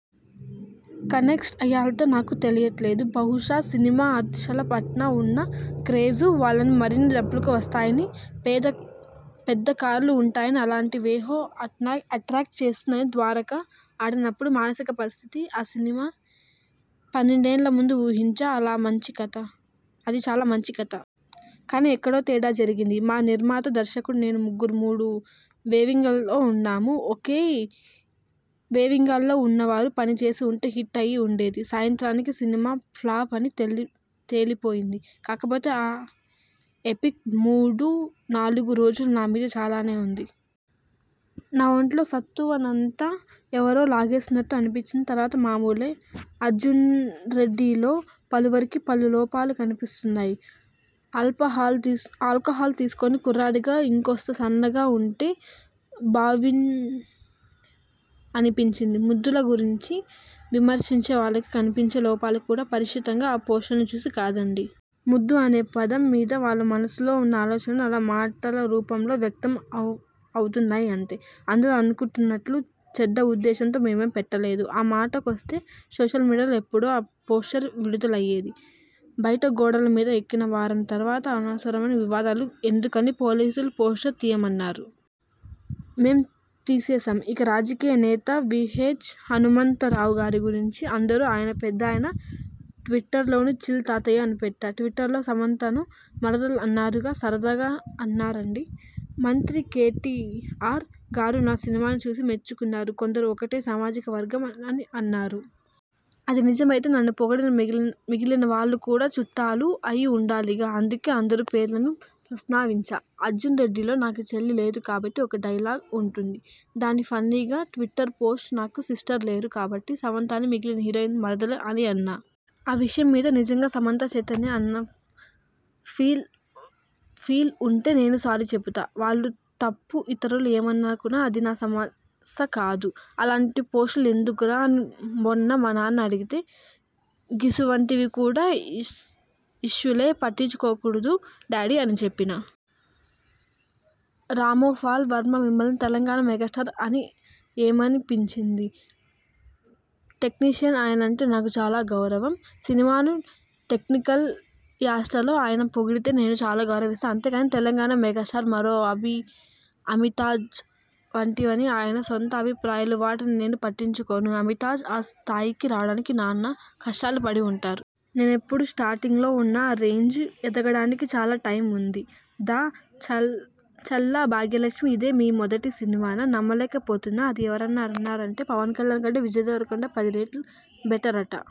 Connect అయ్యానో నాకు తెలియలేదు. బహుశా సినిమా ఆర్టిస్టుల పట్ల ఉన్న క్రేజ్, వాళ్లకు మరిన్ని డబ్బులు వస్తాయని, పేద్ద కార్లు ఉంటాయని అలాంటి వేవో అట్రాక్ట్ చేశాయేమో 'ద్వారక' ఆడనప్పుడు మానసిక పరిస్థితి? ఆ సినిమా ఫెయిల్యూర్ని ముందే ఊహించా. అది చాలా మంచి కథ. కానీ ఎక్కడో తేడా జరిగింది. మా నిర్మాత, దర్శకుడు, నేను ముగ్గురూ మూడు వేవ్లెంగ్త్లలో ఉన్నాం. ఒకే వేవ్లెంగ్త్లో ఉన్నవారు పనిచేసి ఉంటే హిట్ అయి ఉండేది. సాయంత్రానికి సినిమా ఫ్ల్లాప్ అని తేలిపోయింది. కాకపోతే ఆ ఎఫెక్ట్ మూడు, నాలుగు రోజులు నా మీద చాలానే ఉంది. నా ఒంట్లో సత్తువ నంతా ఎవరో లాగేసినట్టు అనిపించింది. తర్వాత మామూలే. 'అర్జున్రెడ్డి'లో పలువురికి పలు లోపాలు కనిపిస్తున్నాయి.. ఆల్కహాల్ తీసుకునే కుర్రాడిగా ఇంకాస్త సన్నగా ఉంటే బావుండేదేమోనని అనిపించింది. ముద్దుల గురించి విమర్శించే వారికి కనిపించే లోపాలు కూడా పర్టిక్యులర్గా ఆ పోస్టర్లు చూసి కాదండీ. 'ముద్దు' అనే పదం మీద వాళ్ల మనస్సుల్లో ఉన్న ఆలోచనలే అలా మాటల రూపంలో వ్యక్తం అవుతున్నాయి అంతే. అందరూ అనుకుంటున్నట్టు చెడు ఉద్దేశంతో మేం పెట్టలేదు. ఆ మాటకొస్తే సోషల్ మీడియాలో ఎప్పుడో ఆ పోస్టర్లు విడుదలయ్యాయి. బయట గోడల మీదకు ఎక్కిన వారం తర్వాత అనవసరమైన వివాదాలు ఎందుకని పోలీసులు పోస్టర్లు తీయమన్నారు. మేం తీసేశాం. ఇక రాజకీయ నేత వీహెచ్ హనుమంతరావు గారి గురించి అంటారా ఆయన పెద్దాయన ట్విట్టర్లోనూ 'చిల్ తాతయ్య' అని పెట్టా. 'ట్విట్టర్లో సమంతను మరదలు అన్నారుగా? సరదాగా అన్నానండీ. మంత్రి కేటీఆర్ గారు నా సినిమాను చూసి మెచ్చుకున్నారని కొందరు 'ఒకటే సామాజిక వర్గం' అని అన్నారు. అదే నిజమైతే నన్ను పొగిడిన మిగిలిన వాళ్లు కూడా చుట్టాలే అయి ఉండాలిగా అందుకే అందరి పేర్లనూ ప్రస్తావించా. 'అర్జున్రెడ్డి'లో 'నాకు చెల్లెలు లేదు కాబట్టి' ఒక డైలాగ్ ఉంటుంది. దాన్నే ఫన్నీగా ట్విట్టర్ పోస్ట్లో నాకు సిస్టర్స్ లేరు కాబట్టి సమంతని మిగిలిన హీరోయిన్లనీ మరదళ్లు అని అన్నా. ఆ విషయం మీద నిజంగా సమంత, చైతన్య అన్నా ఫీలై ఉంటే నేను సారీ చెబుతా. వాళ్లు తప్ప ఇతరులు ఏమనుకున్నా అది నా సమస్య కాదు. 'అలాంటి పోస్టులు ఎందుకురా' అని మొన్న మా నాన్న అడిగితే 'గిసువంటివి కూడా ఇష్యూలా.. పట్టించుకోకుండ్రి డాడీ' అని చెప్పినా. రామ్గోపాల్ వర్మ మిమ్మల్ని తెలంగాణ మెగాస్టార్ అంటే ఏమనిపించింది? టెక్నీషియన్గా ఆయనంటే నాకు చాలా గౌరవం. సినిమాను టెక్నికల్ యాస్పెక్ట్లో ఆయన పొడిగితే నేను చాలా గౌరవిస్తా. అంతేగానీ తెలంగాణ మెగాస్టార్, మరో అమితాబ్ వంటివన్నీ ఆయన సొంత అభిప్రాయాలు. వాటిని నేను పట్టించుకోను. అమితాబ్ ఆ స్థాయికి రావడానికి నానా కష్టాలు పడి ఉంటారు. నేనిప్పుడు స్టార్టింగ్లో ఉన్నా ఆ రేంజ్కి ఎదగడానికి చాలా టైమ్ ఉంది. డా. చల్లా భాగ్యలక్ష్మి ఇది మీ మొదటి సినిమానా? నమ్మలేకపోతున్నా! అని ఎవరన్నారంటే పవన్ కల్యాణ్ కంటే విజయ్ దేవరకొండ పది రెట్లు బెటరట